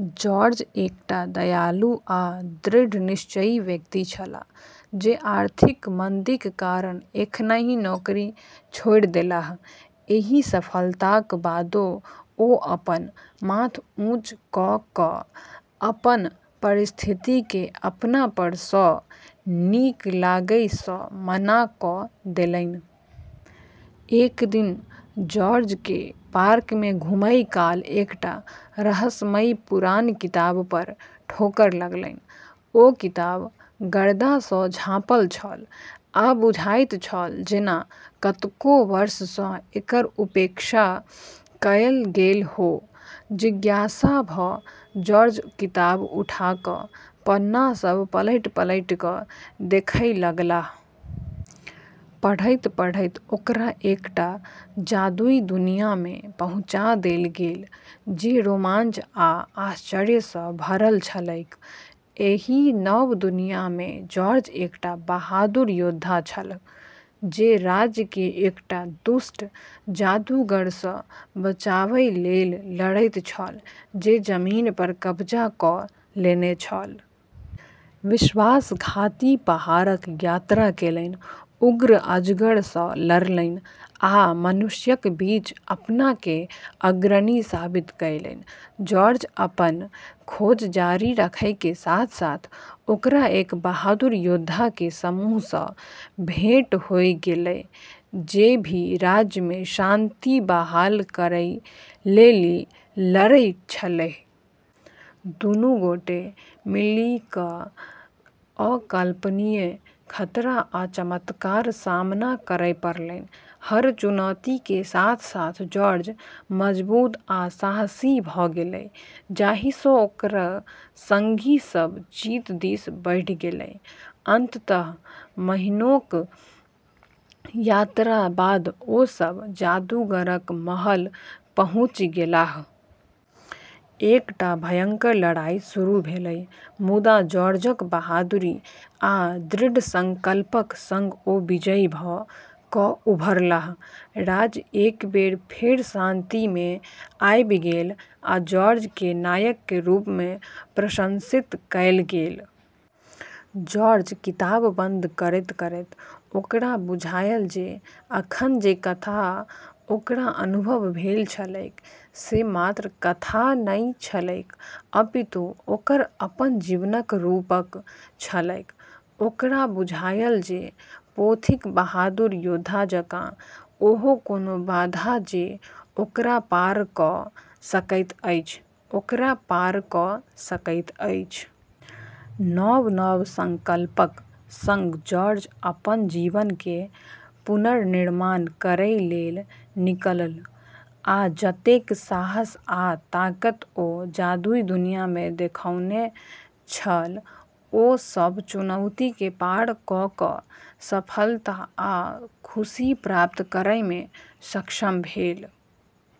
George एकटा दयालु आ दृढ़ निश्चयी व्यक्ति छलाह जे आर्थिक मंदीक कारण एखनहि नौकरी छोड़ि देने छलाह। एहि असफलताक बादो ओ अपन माथ ऊँच क' क' अपन परिस्थितिकेँ अपना पर सँ नीक लागय सँ मना क' देलनि। एक दिन जॉर्जकेँ पार्क मे घुमय काल एकटा रहस्यमयी पुरान किताब पर ठोकर लगलनि। ओ किताब गर्दासँ झाँपल छल, आ बुझाइत छल जेना कतेको वर्षसँ एकर उपेक्षा कयल गेल हो। जिज्ञासा भ' जॉर्ज किताब उठा क' पन्ना सभ पलटि-पलटि क' देखय लगलाह। पढ़ैत-पढ़ैत ओकरा एकटा जादुई दुनिया में पहुँचा देल गेलै, जे रोमांच आ आश्चर्य सँ भरल छलैक। एहि नव दुनिया में जॉर्ज एकटा बहादुर योद्धा छल, जे राज्य केँ एकटा दुष्ट जादूगर सँ बचाबय लेल लड़ैत छल जे जमीन पर कब्जा क' लेने छल। विश्वासघाती पहाड़क यात्रा केलनि, उग्र अजगर सँ लड़लनि आ मनुष्यक बीच अपना केँ अग्रणी साबित कयलनि। जॉर्ज अपनऽ खोज जारी रखै के साथ-साथ ओकरा एक बहादुर योद्धा के समूह सँ भेंट होय गेलै जे भी राज्य में शांति बहाल करै लेली लड़ै छेलै। दुनू गोटे मिलिकय अकल्पनीय खतरा आ चमत्कारक सामना करय पड़लनि। हर चुनौती के साथ-साथ जॉर्ज मजबूत आ साहसी भ' गेलै, जाहिसँ ओकर संगी सभ जीत दिस बढ़ि गेलै। अंततः महीनोक यात्राक बाद ओ सभ जादूगरक महल पहुँचि गेलाह। एकटा भयंकर लड़ाई शुरू भेलै, मुदा जॉर्जक बहादुरी आ दृढ़ संकल्पक संग ओ विजयी भ' क' उभरलाह। राज्य एक बेर फेर शांति में आबि गेल, आ जॉर्ज के नायक के रूप में प्रशंसित कयल गेल। जॉर्ज किताब बंद करैत-करैत ओकरा बुझायल जे एखन जे कथा ओकरा अनुभव भेल छलैक से मात्र कथा नहि छलैक, अपितु ओकर अपन जीवनक रूपक छलैक। ओकरा बुझायल जे पोथीक बहादुर योद्धा जकाँ ओहो कोनो बाधा जे ओकरा पार क' सकैत अछि, ओकरा पार क' सकैत अछि। नव-नव संकल्पक संग जॉर्ज अपन जीवन के पुनर्निर्माण करै लेल निकलल, आ जतेक साहस आ ताकत ओ जादुई दुनिया में देखउने छल, ओ सब चुनौती के पार क' क' सफलता आ खुशी प्राप्त करयमे सक्षम भेल।